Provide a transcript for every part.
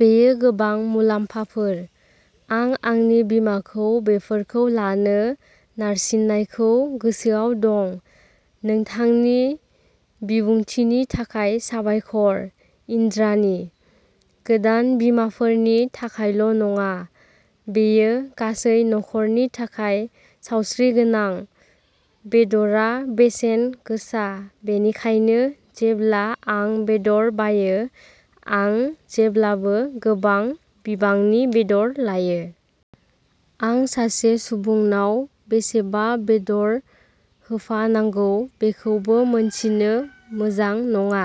बेयो गोबां मुलाम्फाफोर आं आंनि बिमाखौ बेफोरखौ लानो नारसिननायखौ गोसोआव दं। नोंथांनि बिबुंथिनि थाखाय साबायखर इन्द्राणी। गोदान बिमाफोरनि थाखायल' नङा, बेयो गासै नखरनि थाखाय सावस्रिगोनां। बेदरआ बेसेन गोसा, बेनिखायनो जेब्ला आं बेदर बायो आं जेब्लाबो गोबां बिबांनि बेदर लायो। आं सासे सुबुंनाव बेसेबां बेदर होफानांगौ बेखौबो मिन्थिनो मोजां नङा।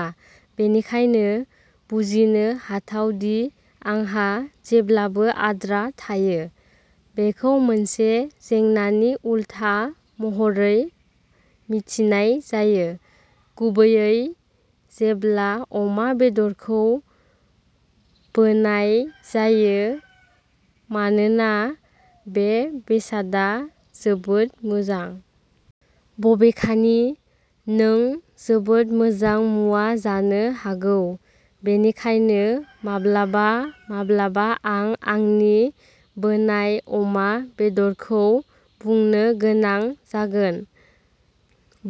बेनिखायनो, बुजिनो हाथाव दि आंहा जेब्लाबो आद्रा थायो। बेखौ मोनसे जेंनानि उलथा महरै मिथिनाय जायो, गुबैयै जेब्ला अमा बेदरखौ बोनाय जायो मानोना बे बेसादआ जोबोद मोजां। बबेखानि, नों जोबोद मोजां मुवा जानो हागौ बेनिखायनो माब्लाबा-माब्लाबा आं आंनि बोनाय अमा बेदरखौ बुंनो गोनां जागोन।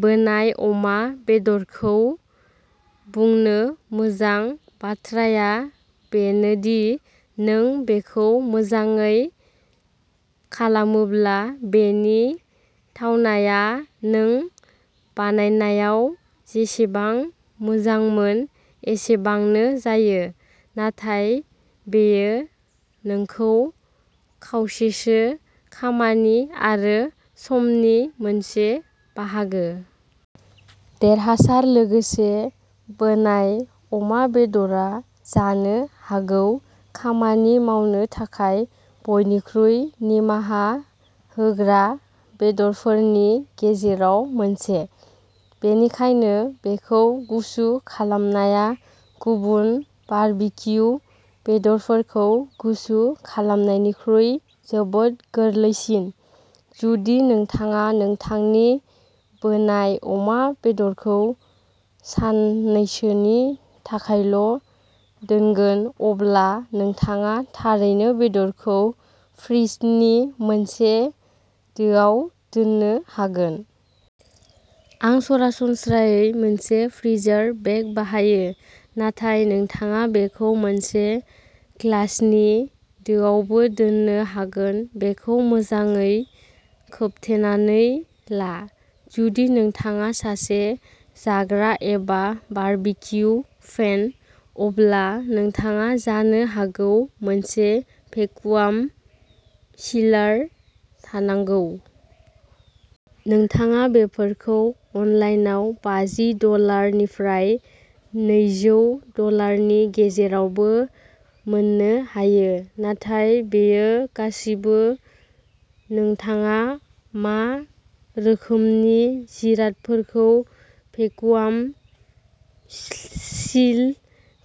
बोनाय अमा बेदरखौ बुंनो मोजां बाथ्राया बेनो दि नों बेखौ मोजाङै खालामोब्ला, बेनि थावनाया नों बानायनायाव जेसेबां मोजांमोन एसेबांनो जायो, नाथाय बेयो नंखौ खावसेसो खामानि आरो समनि मोनसे बाहागो। देरहासार लोगोसे, बोनाय अमा बेदरआ जानो हागौ खामानि मावनो थाखाय बयनिख्रुइ निमाहा होग्रा बेदरफोरनि गेजेराव मोनसे, बेनिखायनो बेखौ गुसु खालामनाया गुबुन बारबिक्यु बेदरफोरखौ गुसु खालामनायनिख्रुइ जोबोद गोरलैसिन। जुदि नोंथाङा नोंथांनि बोनाय अमा बेदरखौ साननैसोनि थाखायल' दोनगोन, अब्ला नोंथाङा थारैनो बेदरखौ फ्रिजनि मोनसे दोआव दोननो हागोन। आं सरासनस्रायै मोनसे फ्रिजार बेग बाहायो, नाथाय नोंथाङा बेखौ मोनसे ग्लासनि दोआवबो दोननो हागोन बेखौ मोजाङै खोबथेनानै ला। जुदि नोंथाङा सासे जाग्रा एबा बारबिक्यु फेन, अब्ला नोंथाङा जानो हागौ मोनसे भेकुवाम सिलार थानांगौ। नोंथाङा बेफोरखौ अनलाइनआव बाजि डलार निफ्राय नैजौ डलारनि गेजेरावबो मोननो हायो, नाथाय बेयो गासिबो नोंथाङा मा रोखोमनि जिरादफोरखौ भेकुवाम सिल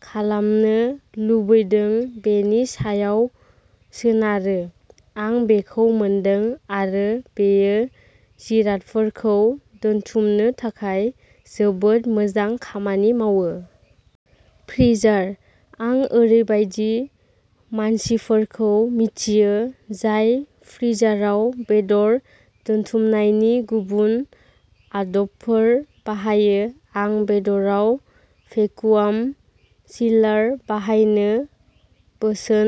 खालामनो लुबैदों बेनि सायाव सोनारो। आं बेखौ मोनदों, आरो बेयो जिरादफोरखौ दोनथुमनो थाखाय जोबोद मोजां खामानि मावो। फ्रिजार आं ओरैबायदि मानसिफोरखौ मिथियो, जाय फ्रिजाराव बेदर दोनथुमनायनि गुबुन आदबफोर बाहायो, आं बेदराव भेकुवाम सिलार बाहायनो बोसोन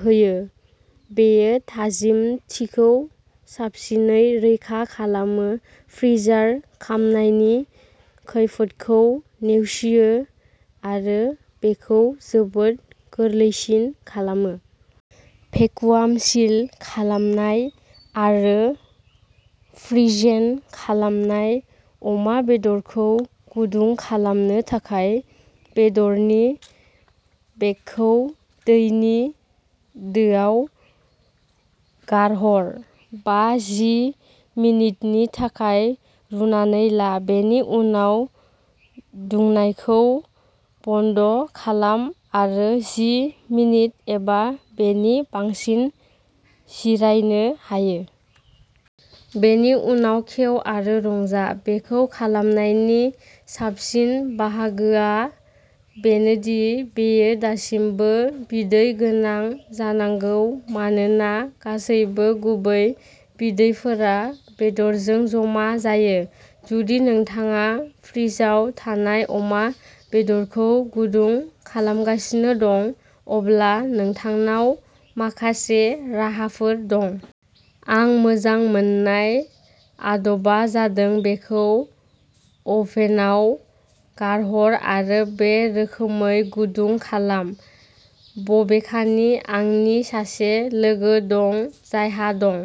होयो। बेयो थाजिमथिखौ साबसिनै रैखा खालामो, फ्रिजार खामनायनि खैफोदखौ नेवसियो, आरो बेखौ जोबोद गोरलैसिन खालामो। भेकुवाम सिल खालामनाय आरो फ्र'जेन खालामनाय अमा बेदरखौ गुदुं खालामनो थाखाय, बेदरनि बेगखौ दैनि दोआव गारहर, बा-जि मिनिटनि थाखाय रुनानै ला, बेनि उनाव दुंनायखौ बन्द खालाम आरो जि मिनिट एबा बेनि बांसिन जिरायनो हायो। बेनि उनाव खेव आरो रंजा, बेखौ खालामनायनि साबसिन बाहागोआ बेनो दि बेयो दासिमबो बिदै गोनां जानांगौ मानोना गासैबो गुबै बिदैफोरा बेदरजों जमा जायो। जुदि नोंथाङा फ्रिजआव थानाय अमा बेदरखौ गुदुं खालामगासिनो दं, अब्ला नोंथांनाव माखासे राहाफोर दं। आंनि मोजां मोननाय आदबा जादों बेखौ अभेनआव गारहर आरो बे रोखोमै गुदुं खालाम, बबेखानि आंनि सासे लोगो दं जायहा दं।